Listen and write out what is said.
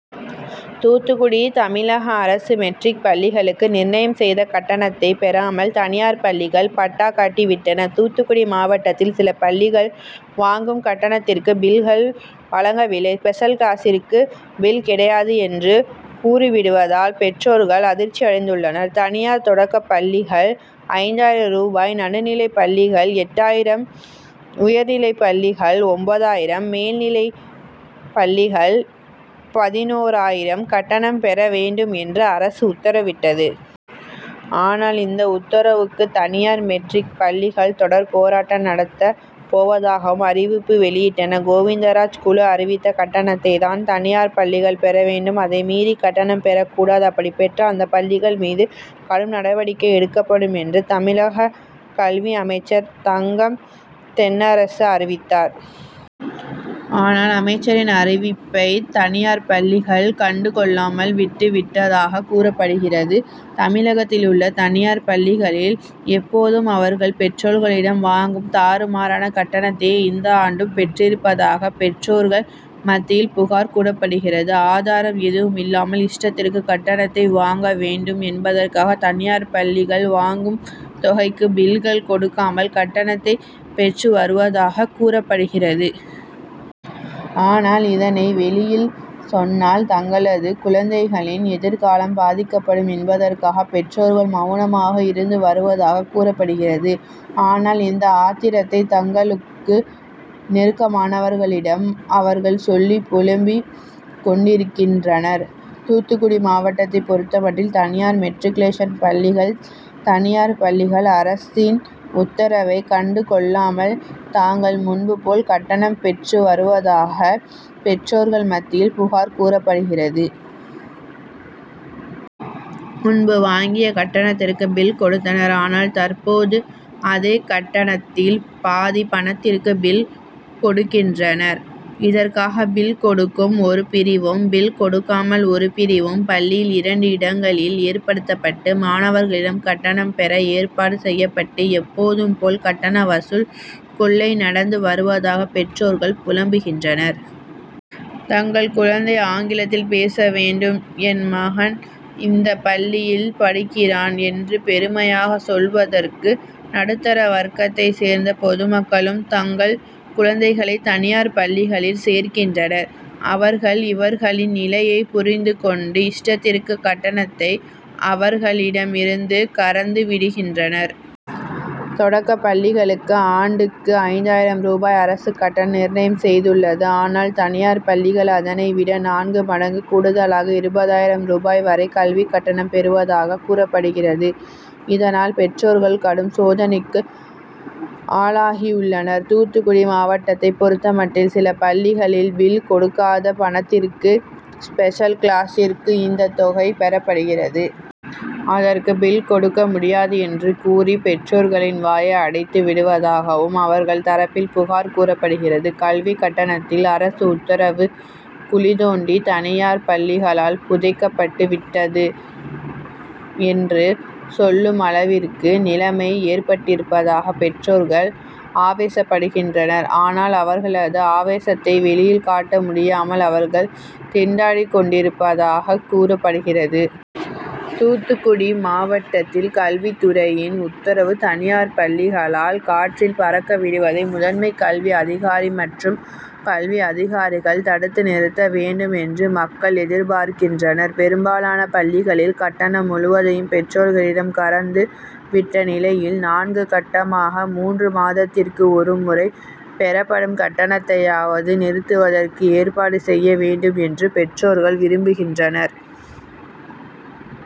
தூத்துக்குடி தமிழக அரசு மெட்ரிக் பள்ளிகளுக்கு நிர்ணயம் செய்த கட்டணத்தை பெறாமல் தனியார் பள்ளிகள் பட்டா காட்டி விட்டன. தூத்துக்குடி மாவட்டத்தில் சில பள்ளிகள் வாங்கும் கட்டணத்திற்கு பில்கள் வழங்கவில்லை. ஸ்பெஷல் கிளாசிற்கு பில் கிடையாது என்று கூறிவிடுவதால் பெற்றோர்கள் அதிர்ச்சியடைந்துள்ளனர். தனியார் தொடக்க பள்ளிகள் ஐந்தாயிரம் ரூபாய் நடுநிலைப்பள்ளிகள் எட்டாயிரம் உயர்நிலைப்பள்ளிகள் ஒன்பதாயிரம் மேல்நிலைப்பள்ளிகள் பதினோராயிரம் கட்டணம் பெற வேண்டும் என்று அரசு உத்தரவிட்டது. ஆனால் இந்த உத்தரவுக்கு தனியார் மெட்ரிக் பள்ளிகள் தொடர் போராட்டம் நடத்தப் போவதாகவும் அறிவிப்பு வெளியிட்டன. கோவிந்தராஜ் குழு அறிவித்த கட்டணத்தை தான் தனியார் பள்ளிகள் பெற வேண்டும். அதை மீறி கட்டணம் பெறக் கூடாது. அப்படி பெற்றால் அந்த பள்ளிகள் மீது கடும் நடவடிக்கை எடுக்கப்படும் என்று தமிழக கல்வி அமைச்சர் தங்கம் தென்னரசு அறிவித்தார். ஆனால் அமைச்சரின் அறிவிப்பை தனியார் பள்ளிகள் கண்டு கொள்ளாமல் விட்டு விட்டதாக கூறப்படுகிறது. தமிழகத்தில் உள்ள தனியார் பள்ளிகளில் எப்போதும் அவர்கள் பெற்றோர்களிடம் வாங்கும் தாறுமாறான கட்டணத்தையே இந்த ஆண்டும் பெற்றிருப்பதாக பெற்றோர்கள் மத்தியில் புகார் கூறப்படுகிறது. ஆதாரம் எதுவும் இல்லாமல் இஷ்டத்திற்கு கட்டணத்தை வாங்க வேண்டும் என்பதற்காக தனியார் பள்ளிகள் வாங்கும் தொகைக்கு பில்கள் கொடுக்காமல் கட்டணத்தை பெற்று வருவதாக கூறப்படுகிறது. ஆனால் இதனை வெளியில் சொன்னால் தங்களது குழந்தைகளின் எதிர்காலம் பாதிக்கப்படும் என்பதற்காக பெற்றோர்கள் மௌனமாக இருந்து வருவதாக கூறப்படுகிறது. ஆனால் இந்த ஆத்திரத்தை தங்களுக்கு நெருக்கமானவர்களிடம் அவர்கள் சொல்லி புலம்பிக் கொண்டிருக்கின்றனர். தூத்துக்குடி மாவட்டத்தை பொறுத்தமட்டில் தனியார் மெட்ரிக்குலேஷன் பள்ளிகள் தனியார் பள்ளிகள் அரசின் உத்தரவை கண்டு கொள்ளாமல் தாங்கள் முன்பு போல் கட்டணம் பெற்றுவருவதாக பெற்றோர்கள் மத்தியில் புகார் கூறப்படுகிறது. முன்பு வாங்கிய கட்டணத்திற்கு பில் கொடுத்தனர். ஆனால் தற்போது அதே கட்டணத்தில் பாதி பணத்திற்கு பில் கொடுக்கின்றனர். இதற்காக பில் கொடுக்கும் ஒரு பிரிவும் பில் கொடுக்காமல் ஒரு பிரிவும் பள்ளியில் இரண்டு இடங்களில் ஏற்படுத்தப்பட்டு மாணவர்களிடம் கட்டணம் பெற ஏற்பாடு செய்யப்பட்டு எப்போதும் போல் கட்டண வசூல் கொள்ளை நடந்து வருவதாக பெற்றோர்கள் புலம்புகின்றனர். தங்கள் குழந்தை ஆங்கிலத்தில் பேச வேண்டும். என் மகன் இந்த பள்ளியில் படிக்கிறான் என்று பெருமையாக சொல்வதற்கு நடுத்தர வர்க்கத்தை சேர்ந்த பொதுமக்களும் தங்கள் குழந்தைகளை தனியார் பள்ளிகளில் சேர்க்கின்றனர். அவர்கள் இவர்களின் நிலையை புரிந்து கொண்டு இஷ்டத்திற்கு கட்டணத்தை அவர்களிடம் இருந்து கறந்து விடுகின்றனர். தொடக்கப் பள்ளிகளுக்கு ஆண்டுக்கு ஐந்தாயிரம் ரூபாய் அரசு கட்டணம் நிர்ணயம் செய்துள்ளது. ஆனால் தனியார் பள்ளிகள் அதனை விட நான்கு மடங்கு கூடுதலாக இருபதாயிரம் ரூபாய் வரை கல்வி கட்டணம் பெறுவதாக கூறப்படுகிறது. இதனால் பெற்றோர்கள் கடும் சோதனைக்கு ஆளாகியுள்ளனர். தூத்துக்குடி மாவட்டத்தை பொறுத்தமட்டில் சில பள்ளிகளில் பில் கொடுக்காத பணத்திற்கு ஸ்பெஷல் கிளாசிற்கு இந்த தொகை பெறப்படுகிறது. அதற்கு பில் கொடுக்க முடியாது என்று கூறி பெற்றோர்களின் வாயை அடைத்து விடுவதாகவும் அவர்கள் தரப்பில் புகார் கூறப்படுகிறது. கல்வி கட்டணத்தில் அரசு உத்தரவு குழி தோண்டி தனியார் பள்ளிகளால் புதைக்கப்பட்டு விட்டது என்று சொல்லும் அளவிற்கு நிலமை ஏற்பட்டிருப்பதாக பெற்றோர்கள் ஆவேசப்படுகின்றனர். ஆனால் அவர்களது ஆவேசத்தை வெளியில் காட்ட முடியாமல் அவர்கள் திண்டாடிக் கொண்டிருப்பதாக கூறப்படுகிறது. தூத்துக்குடி மாவட்டத்தில் கல்வித்துறையின் உத்தரவு தனியார் பள்ளிகளால் காற்றில் பறக்க விடுவதை முதன்மை கல்வி அதிகாரி மற்றும் கல்வி அதிகாரிகள் தடுத்து நிறுத்த வேண்டும் என்று மக்கள் எதிர்பார்கின்றனர். பெரும்பாலான பள்ளிகளில் கட்டணம் முழுவதையும் பெற்றோர்களிடம் கறந்து விட்ட நிலையில் நான்கு கட்டமாக மூன்று மாதத்திற்கு ஒரு முறை பெறப்படும் கட்டணத்தையாவது நிறுத்துவதற்கு ஏற்பாடு செய்ய வேண்டும் என்று பெற்றோர்கள் விரும்புகின்றனர்.